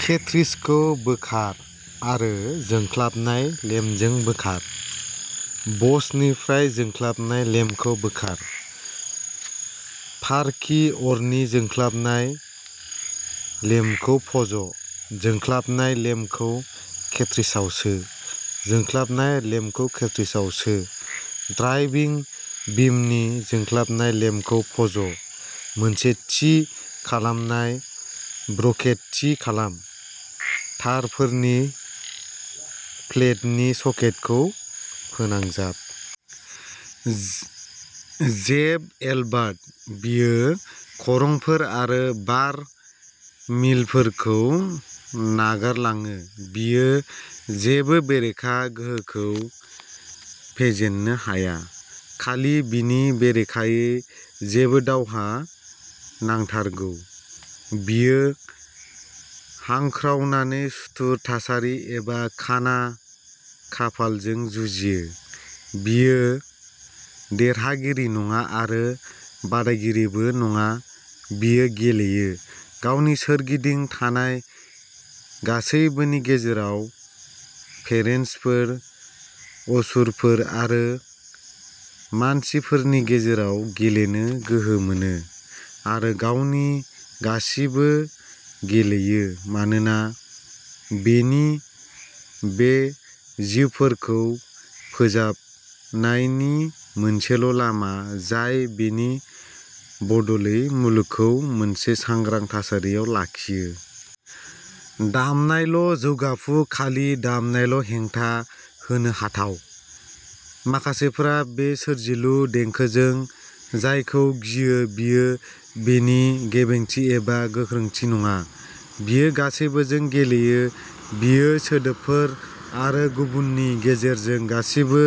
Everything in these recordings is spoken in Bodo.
कार्ट्रिज खौ बोखार आरो जोंख्लाबनाय लेम्पजों बोखार। बसनिफ्राय जोंख्लाबनाय लेम्पखौ बोखार। पार्किं अरनि जोंख्लाबनाय लेम्पखौ फज'। जोंख्लाबनाय लेम्पखौ कार्ट्रिजआव सो। जोंख्लाबनाय लेम्पजों कार्ट्रिजखौ सो। ड्राइभिं बिमनि जोंख्लाबनाय लेम्पखौ फज'। मोनसे थि खालामनाय ब्रकेट थि खालाम, तारफोरनि प्लेतनि सकेटखौ फोनांजाब।.। जेफ एल्बार्ट, बियो खरंफोर आरो बार-मिलफोरखौ नागारलाङो, बियो जेबो बेरेखा गोहोखौ फेजेननो हाया। खालि, बिनि बेरेखायै जेबो दावहा नांथारगौ। बियो हांख्रावनानै सुथुर थासारि एबा खाना खाफालजों जुजिया; बियो देरहागिरि नङा आरो बादायगिरिबो नङा-बियो गेलेयो, गावनि सोरगिदिं थानाय गासैबोनि गेजेराव, फेरेश्तफोर, असुरफोर आरो मानसिफोरनि गेजेराव गेलेनो गोहो मोनो, आरो गावनि गासिबोजों गेलेयो, मानोना बेनो बे जिबफोरखौ फोजाबनायनि मोनसेल'लामा, जाय बेनि बदलै मुलुगखौ मोनसे सांग्रां थासारियाव लाखियो। दामनायाल'जौगाफु, खालि दामनायाल'हेंथा होनो हाथाव। माखासेफोरा बे "सोरजिलु" देंखोजों जायखौ गियो, बेयो बेनि गेबेंथि एबा गोख्रोंथि नङा, बेयो गासैबोजों गेलेयो, बेयो सोदोबफोर आरो गुदिनि गेजेरजों गासैबो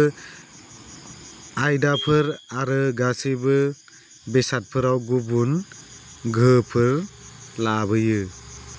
आयदाफोर आरो गासैबो बेसादफोराव गुबुन गोहोफोर लाबोयो।